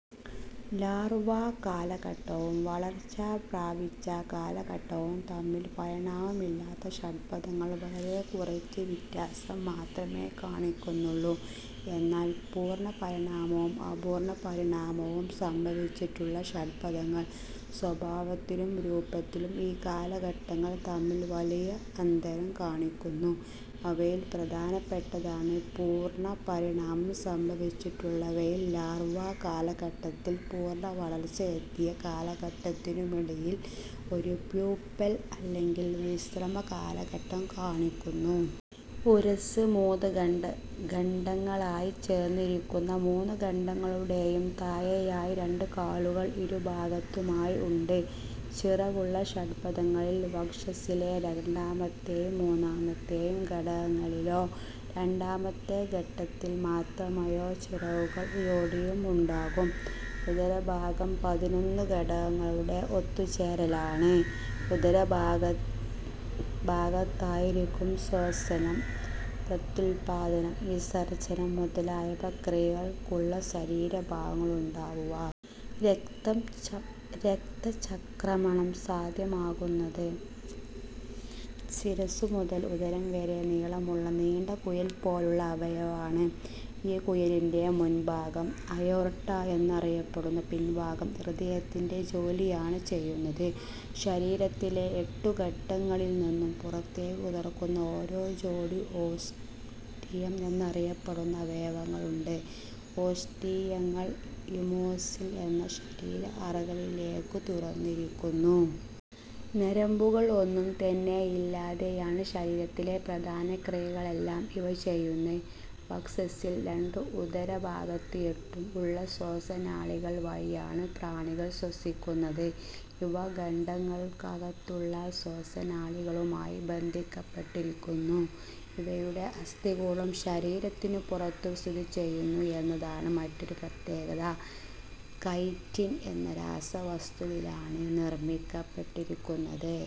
Larva കാലഘട്ടവും വളർച്ച പ്രാപിച്ച കാലഘട്ടവും തമ്മിൽ പരിണാമം ഇല്ലാത്ത ഷഡ്പദങ്ങൾ വളരെ കുറച്ച് വ്ത്യാസം മാത്രമേ കാണിക്കുന്നുള്ളൂ. എന്നാൽ പൂർണ്ണപരിണാമവും അപൂർണ പരിണാമവും സംഭവിച്ചിട്ടുള്ള ഷഡ്പദങ്ങൾ സ്വഭാവത്തിലും രൂപത്തിലും ഈ കാലഘട്ടങ്ങൾ തമ്മിൽ വലിയ അന്തരം കാണിക്കുന്നു. അവയിൽ പ്രധാനപ്പെട്ടതാണ് പൂർണ പരിണാമം സംഭവിച്ചിട്ടുള്ളവയിൽ ലാർവ്വ കാലഘട്ടത്തിനു പൂർണ വളർച്ച എത്തിയ കാലഘട്ടത്തിനുമടിയിൽ ഒരു പ്യൂപ്പൽ അല്ലെങ്കിൽ വിശ്രമ കാലഘട്ടംകാണിക്കുന്നു. ഉരസ്സ് മൂന്നു ഖണ്ഡങ്ങളായി ചേർന്നിരിക്കുന്നു. മൂന്നു ഖണ്ഡങ്ങളുടേയും താഴെയായി രണ്ടുകാലുകൾ ഇരുഭാഗത്തുമായി ഉണ്ട്. ചിറകുള്ള ഷഡ്പദങ്ങളിൽ വക്ഷസ്സിലെ രണ്ടാമത്തെയും മൂന്നാമത്തെയും ഖണ്ഡങ്ങളിലോ, രണ്ടാമത്തെ ഖണ്ഡത്തിൽ മാത്രമായോ, ചിറകുകൾ ജോടിയായി ഉണ്ടാകും. ഉദരഭാഗം പതിനൊന്നു ഖണ്ഡങ്ങളുടെ ഒത്തുചേരലാണ്. ഉദരഭാഗത്തായിരിക്കും ശ്വസനം, പ്രത്യുത്പാദനം, വിസർജ്ജനം മുതലായ ക്രിയകൾക്കുള്ള ശരീരഭാഗങ്ങളുണ്ടാവുക. രക്തചംക്രമണം സാധ്യമാക്കുന്നത് ശിരസ്സുമുതൽ ഉദരം വരെ നീളമുള്ള നീണ്ട കുഴൽ പോലുള്ള അവയവമാണ്. ഈ കുഴലിന്റെ മുൻഭാഗം അയോർട്ട എന്നറിയപ്പെടുന്നു. പിൻഭാഗം ഹൃദയത്തിന്റെ ജോലിയാണു ചെയ്യുന്നത്. ശരീരത്തിലെ എട്ടുഖണ്ഡങ്ങളിൽ നിന്ന് പുറത്തേക്കു തുറക്കുന്ന ഓരോ ജോടി ഓസ്റ്റിയം എന്നറിയപ്പെടുന്ന അവയവങ്ങളുണ്ട്. ഓസ്റ്റിയങ്ങൾ ഹീമോസിൽ എന്ന ശരീര അറകളിലേക്കു തുറന്നിരിക്കുന്നു. ഞരമ്പുകൾ ഒന്നും തന്നെയില്ലാതെയാണ് ശരീരത്തിലെ പ്രധാന ക്രിയകളെല്ലാം ഇവ ചെയ്യുന്നത്. വക്ഷസ്സിൽ രണ്ടും ഉദരഭാഗത്ത് എട്ടും ഉള്ള ശ്വാസനാളികകൾ വഴിയാണ് പ്രാണികൾ ശ്വസിക്കുന്നത്. ഇവ ഖണ്ഡങ്ങൾക്കകത്തുള്ള ശ്വാസനാളിയുമായി ബന്ധിക്കപ്പെട്ടിരിക്കുന്നു. ഇവയുടെ അസ്ഥികൂടം ശരീരത്തിനു പുറത്തു സ്ഥിതിചെയ്യുന്നു എന്നതാണ് മറ്റൊരു പ്രത്യേകത, കൈറ്റിൻ എന്ന രാസവസ്തുവാലാണിത് നിർമ്മിക്കപ്പെട്ടിരിക്കുന്നത്.